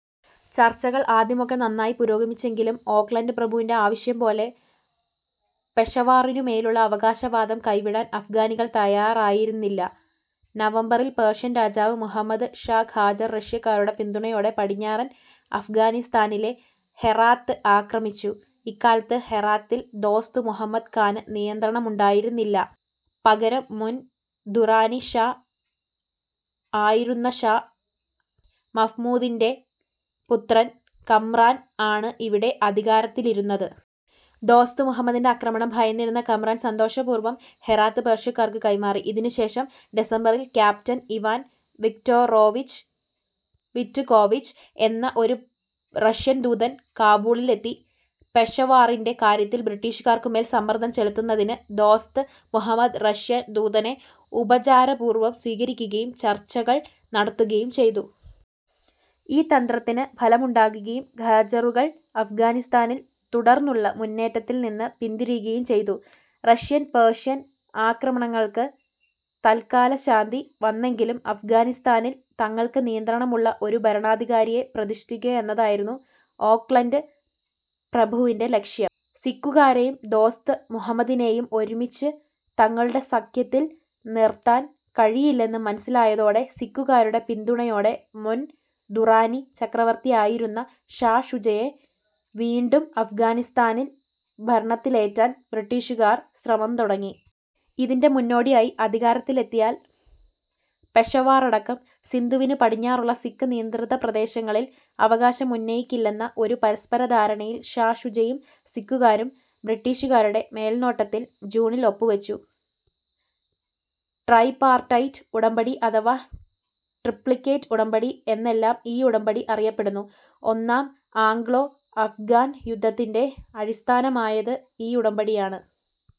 ചർച്ചകൾ ആദ്യമൊക്കെ നന്നായി പുരോഗമിച്ചെങ്കിലും ഓക്ലന്റ് പ്രഭുവിന്റെ ആവശ്യം പോലെ പെഷവാറിനു മേലുള്ള അവകാശവാദം കൈവിടാൻ അഫ്ഗാനികൾ തയാറയിരുന്നില്ല. നവംബറിൽ പേർഷ്യൻ രാജാവ് മുഹമ്മദ് ഷാ ഖാജർ റഷ്യക്കാരുടെ പിന്തുണയോടെ പടിഞ്ഞാറൻ അഫ്ഗാനിസ്താനിലെ ഹെറാത്ത് ആക്രമിച്ചു. ഇക്കാലത്ത്, ഹെറാത്തിൽ ദോസ്ത് മുഹമ്മദ് ഖാന് നിയന്ത്രണമുണ്ടായിരുന്നില്ല. പകരം മുൻ ദുറാനി ഷാ ആയിരുന്നഷാ മഹ്മൂദിന്റെ പുത്രൻ കമ്രാൻ ആണ് ഇവിടെ അധികാരത്തിലിരുന്നത്. ദോസ്ത് മുഹമ്മദിന്റെ ആക്രമണം ഭയന്നിരുന്ന കമ്രാൻ സന്തോഷപൂർവ്വം ഹെറാത്ത് പേർഷ്യക്കാർക്ക് കൈമാറി. ഇതിനു ശേഷം ഡിസംബറിൽ ക്യാപ്റ്റൻ ഇവാൻ വിക്റ്റൊറോവിച്ച് വിറ്റ്കോവിച്ച് എന്ന ഒരു റഷ്യൻ ദൂതൻ കാബൂളിലെത്തി. പെഷവാറിന്റെ കാര്യത്തിൽ ബ്രിട്ടീഷുകാർക്കു മേൽ സമ്മർദ്ദം ചെലുത്തുന്നതിന് ദോസ്ത് മുഹമ്മദ്, റഷ്യൻ ദൂതനെ ഉപചാരപൂർവ്വം സ്വീകരിക്കുകയും ചർച്ചകൾ നടത്തുകയും ചെയ്തു. ഈ തന്ത്രത്തിന് ഫലമുണ്ടാകുകയും ഖാജറുകൾ അഫ്ഗാനിസ്താനിൽ തുടർന്നുള്ള മുന്നേറ്റത്തിൽ നിന്ന് പിന്തിരിയുകയും ചെയ്തു. റഷ്യൻ പേർഷ്യൻ ആക്രമണങ്ങൾക്ക് തൽക്കാലശാന്തി വന്നെങ്കിലും അഫ്ഗാനിസ്താനിൽ തങ്ങൾക്ക് നിയന്ത്രണമുള്ള ഒരു ഭരണാധികാരിയെ പ്രതിഷ്ഠിക്കുക എന്നതായിരുന്നു ഓക്ലന്റ് പ്രഭുവിന്റെ ലക്ഷ്യം. സിഖുകാരെയും ദോസ്ത് മുഹമ്മദിനെയും ഒരുമിച്ച് തങ്ങളുടെ സഖ്യത്തിൽ നിർത്താൻ കഴിയില്ലെന്ന് മനസ്സിലായതോടെ, സിഖുകാരുടെ പിന്തുണയോടെ മുൻ ദുറാനി ചക്രവർത്തിയായിരുന്ന ഷാ ഷുജയെ വീണ്ടും അഫ്ഗാനിസ്താനിൽ ഭരണത്തിലേറ്റാൻ ബ്രിട്ടീഷുകാർ ശ്രമം തുടങ്ങി. ഇതിന്റെ മുന്നോടിയായി, അധികാരത്തിലെത്തിയാൽ പെഷവാറടക്കം സിന്ധുവിന് പടിഞ്ഞാറുള്ള സിഖ് നിയന്ത്രിതപ്രദേശങ്ങളിൽ അവകാശമുന്നയിക്കില്ലെന്ന ഒരു പരസ്പരധാരണയിൽ ഷാ ഷുജയും സിഖുകാരും, ബ്രിട്ടീഷുകാരുടെ മേൽനോട്ടത്തിൽ ജൂണിൽ ഒപ്പുവച്ചു. ട്രൈപാർട്ടൈറ്റ് ഉടമ്പടി അഥവാ ട്രിപ്ലിക്കേറ്റ് ഉടമ്പടി എന്നെല്ലാം ഈ ഉടമ്പടി അറിയപ്പെടുന്നു. ഒന്നാം ആംഗ്ലോ-അഫ്ഗാൻ യുദ്ധത്തിന്റെ അടിസ്ഥാനമായത് ഈ ഉടമ്പടിയാണ്.